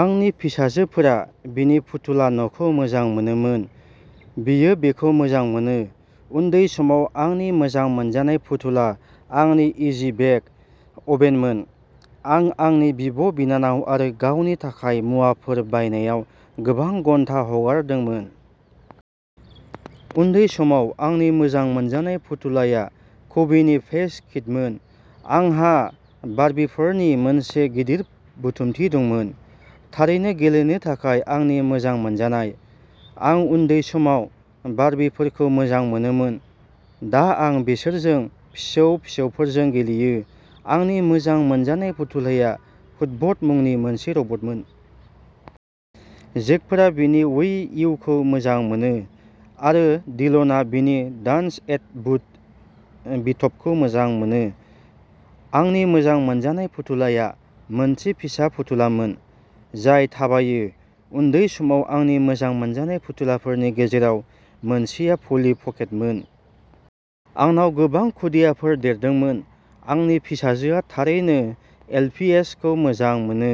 आंनि फिसाजोफोरा बिनि फुथुला न'खौ मोजां मोनोमोन। बियो बेखौ मोजां मोनो! उन्दै समाव आंनि मोजां मोनजानाय फुथुला आंनि इजि बेक अभेनमोन। आं आंनि बिब'- बिनानाव आरो गावनि थाखाय मुवाफोर बानायनायाव गोबां घन्टा हगारदोंमोन। उन्दै समाव आंनि मोजां मोनजानाय फुथुलाआ कबिनि पैच किडमोन। आंहा बार्बिफोरनि मोनसे गिदिर बुथुमथि दंमोन, थारैनो गेलेनो थाखाय आंनि मोजां मोनजानाय! आं उन्दै समाव बार्बिफोरखौ मोजां मोनोमोन! दा आं बिसोरजों फिसौ-फिसौफोरजों गेलेयो! आंनि मोजां मोनजानाय फुथुलाआ हुटबट मुंनि मोनसे रबटमोन! जेकफोरा बिनि उइ इउखौ मोजां मोनो आरो डिलनआ बिनि डान्स एन्ड मुभ बिटब'खौ मोजां मोनो। आंनि मोजां मोनजानाय फुथुलाया मोनसे फिसा फुथुलामोन जाय थाबायो! उन्दै समाव आंनि मोजां मोनजानाय फुथुलाफोरनि गेजेराव मोनसेआ पलि पकेटमोन। आंनाव गोबां खुदियाफोर देरदोंमोन। आंनि फिसाजोफोरा थारैनो एल. पि. एस. खौ मोजां मोनो।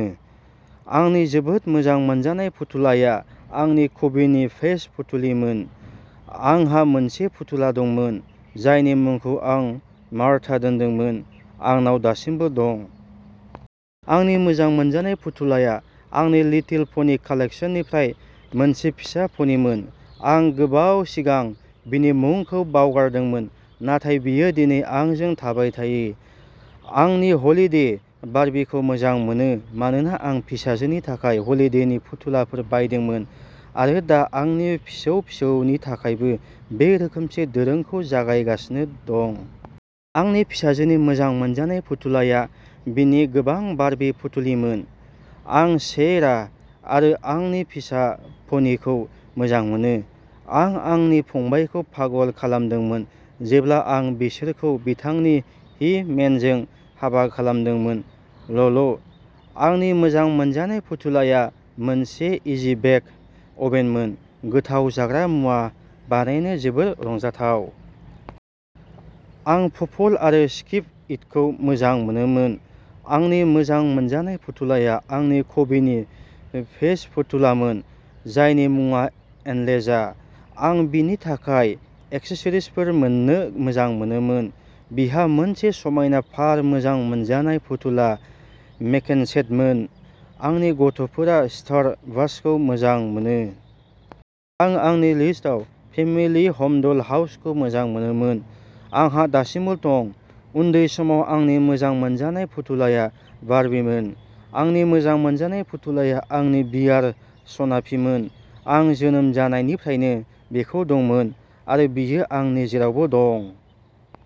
आंनि जोबोद मोजां मोनजानाय फुथुलाया आंनि कबिनि पैच फुथुलिमोन। आंहा मोनसे फुथुला दंमोन जायनि मुंखौ आं मार्था दोन्दोंमोन। आंनाव दासिमबो दं। आंनि मोजां मोनजानाय फुथुलाया आंनि लिटिल पनि कालेक्सननिफ्राय मोनसे फिसा पनिमोन। आं गोबाव सिगां बिनि मुंखौ बावगारदोंमोन, नाथाय बियो दिनै आंजों थाबाय थायो। आं नि हलिदे बार्बीखौ मोजां मोनो मानोना आं फिसाजोनि थाखाय हलिदेनि फुथुलाफोर बायदोंमोन आरो दा आंनि फिसौ फिसौनि थाखायबो बे रोखोमसे दोरोंखौ जागायगासिनो दं। आंनि फिसाजोनि मोजां मोनजानाय फुथुलाया बिनि गोबां बार्बी फुथुलिमोन। आं शे-रा आरो आंनि फिसा पनिखौ मोजां मोनोमोन! आं आंनि फंबायखौ पागल खालामदोंमोन जेब्ला आं बिसोरखौ बिथांनि ही-मेनजों हाबा खालामदोंमोन। ल'ल! आंनि मोजां मोनजानाय फुथुलाया मोनसे इजि-बेक अभेनमोन-गोथाव जाग्रा मुवा बानायनो जोबोद रंजाथाव! आं पपल आरो स्किप-इटखौ मोजां मोनोमोन! आंनि मोजां मोनजानाय फुथुलाया आंनि कबिनि पैच फुथुलामोन जायनि मुङा एन्जेला। आं बिनि थाखाय एक्सेसरिजफोर मोन्नो मोजां मोनोमोन, बिहा मोनसे समायना फार मोजां मोनजानाय फुथुलाया मेकेन'सेटमोन। आंनि गथ'फोरा स्टार वार्सखौ मोजां मोनो। आं आंनि लिटलस फेमिलि ह'म ड'ल-हाउसखौ मोजां मोनोमोन! आंहा दासिमबो दं! उन्दै समाव आंनि मोजां मोनजानाय फुथुलाया बार्बीमोन। आंनि मोजां मोनजानाय फुथुलाया आंनि बियार स्नाफीमोन। आं जोनोम जानायनिफ्रायनो बेखौ दंमोन, आरो बियो आंनि जेरावबो दं।